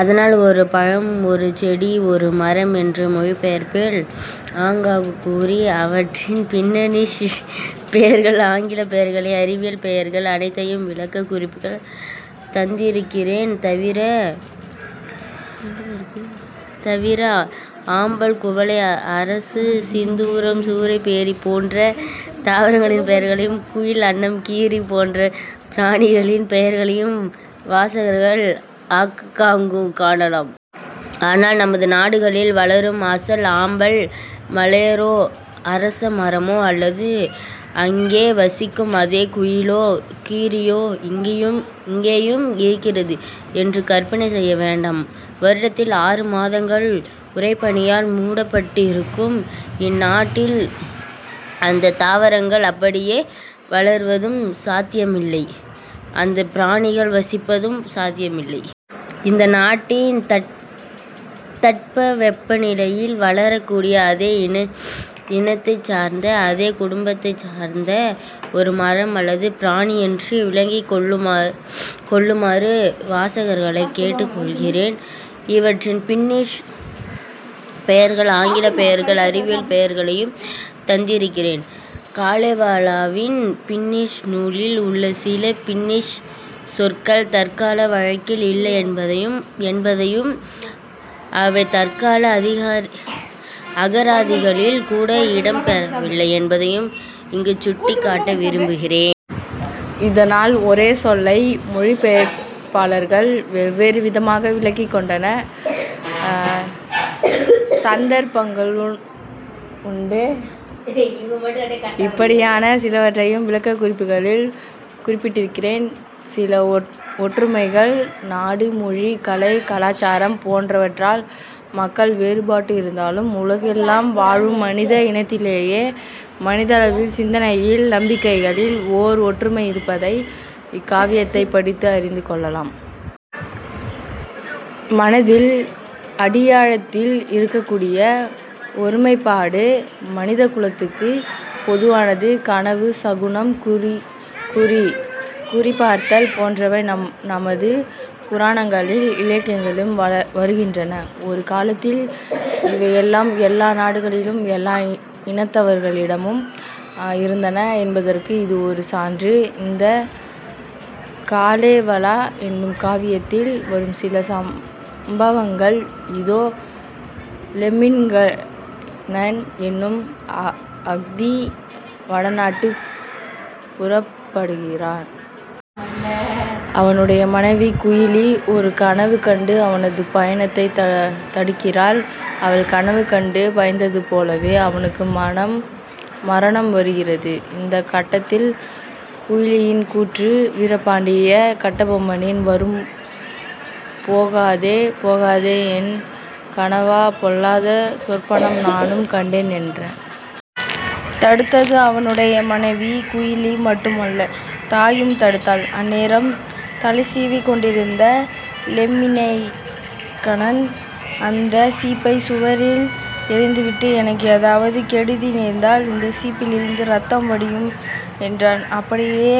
அதனால் ஒரு பழம் ஒரு செடி ஒரு மரம் என்று மொழிபெயர்ப்பில் ஆங்காங்கு கூறி அவற்றின் பின்னிஷ் பெயர்கள் ஆங்கிலப் பெயர்கள் அறிவியல் பெயர்கள் அனைத்தையும் விளக்கக் குறிப்புகளில் தந்திருக்கிறேன். தவிர ஆம்பல் குவளை அரசு சிந்தூரம் சூரை பேரி போன்ற தாவரங்களின் பெயர்களையும் குயில் அன்னம் கீரி போன்ற பிராணிகளின் பெயர்களையும் வாசகர்கள் ஆங்காங்கு காணலாம். ஆனால் நமது நாடுகளில் வளரும் அசல் ஆம்பல் மலரோ அரச மரமோ அல்லது அங்கே வசிக்கும் அதே குயிலோ கீரியோ இங்கேயும் இருக்கிறது என்று கற்பனை செய்ய வேண்டாம். வருடத்தில் ஆறு மாதங்கள் உறைபனியால் மூடப்பட்டிருக்கும் இந்நாட்டில் அந்தத் தாவரங்கள் அப்படியே வளர்வதும் சாத்தியமில்லை அந்த பிராணிகள் வசிப்பதும் சாத்தியமில்லை. இந்த நாட்டின் தட்பவெப்ப நிலையில் வளரக் கூடிய அதே இனத்தைச் சார்ந்த அதே குடும்பத்தைச் சார்ந்த ஒரு மரம் அல்லது பிராணி என்று விளங்கிக் கொள்ளுமாறு வாசகர்களைக் கேட்டுக் கொள்கிறேன். இவற்றின் பின்னிஷ் பெயர்கள் ஆங்கிலப் பெயர்கள் அறிவியல் பெயர்களையும் தந்திருக்கிறேன். கலேவலாவின் பின்னிஷ் நூலில் உள்ள சில பின்னஷ் சொற்கள் தற்கால வழக்கில் இல்லை என்பதையும் அவை தற்கால அகராதிகளில் கூட இடம் பெறவில்லை என்பதையும் இங்குச் சுட்டிக் காட்ட விரும்புகிறேன். இதனால் ஒரே சொல்லை மொழிபெயர்ப்பாளர்கள் வெவ்வேறு விதமாக விளங்கிக் கொண்ட சந்தர்ப்பங்களும் உண்டு. இப்படியான சிலவற்றையும் விளக்கக் குறிப்புகளில் குறிப்பிட்டிருக்கிறேன். சில ஒற்றுமைகள் நாடு மொழி கலை கலாசாரம் போன்றவற்றால் மக்கள் வேறுபட்டு இருந்தாலும் உலகெல்லாம் வாழும் மனித இனத்திடையே மனத்தளவில் சிந்தனையில் நம்பிக்கைகளில் ஓர் ஒற்றுமை இருப்பதை இக்காவியத்தைப் படித்து அறிந்து கொள்ளலாம். மனத்தின் அடியாழத்தில் இருக்கக்கூடிய ஒருமைப்பாடு மனிதக் குலத்துக்குப் பொதுவானது. கனவு சகுனம் குறி பார்த்தல் போன்றவை நமது புராணங்களிலும் இலக்கியங்களிலும் வருகின்றன. ஒரு காலத்தில் இவையெல்லாம் எல்லா நாடுகளிலும் எல்லா இனத்தவரிடமும் இருந்தன என்பதற்கு இது ஒரு சான்று. இந்தக் கலேவலா என்னும் காவியத்தில் வரும் சில சம்பவங்கள் இதோ லெம்மின்கைனன் என்னும் அஹ்தி வடநாட்டுக்குப் புறப்படுகிறான். அவனுடைய மனைவி குயிலி ஒரு கனவு கண்டு அவனது பயணத்தைத் தடுக்கிறாள். அவள் கனவு கண்டு பயந்தது போலவே அவனுக்கு மரணம் வருகிறது. இந்தக் கட்டத்தில் குயிலியின் கூற்று வீரபாண்டிய கட்டபொம்மனில் வரும் போகாதே போகாதே என் கணவா பொல்லாத சொற்பனம் நானும் கண்டேன் என்ற தடுத்தது அவனுடைய மனைவி குயிலி மட்டுமல்ல தாயும் தடுத்தாள். அந்நேரம் தலை சீவிக் கொண்டிருந்த லெம்மின்கைனன் அந்தச் சீப்பைச் சுவரில் எறிந்துவிட்டு எனக்கு ஏதாவது கெடுதி நேர்ந்தால் இந்த சீப்பிலிருந்து இரத்தம் வடியும் என்றான். அப்படியே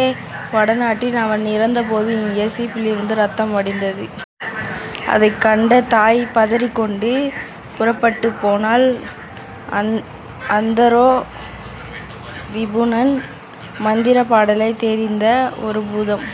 வடநாட்டில் அவன் இறந்தபோது இங்கே சீப்பிலிருந்து இரத்தம் வடிந்தது. அதைக் கண்ட தாய் பதறிக் கொண்டு புறப்பட்டுப் போனாள். அந்தரோ விபுனன் மந்திரப் பாடல்கள் தெரிந்த ஒரு பூதம்.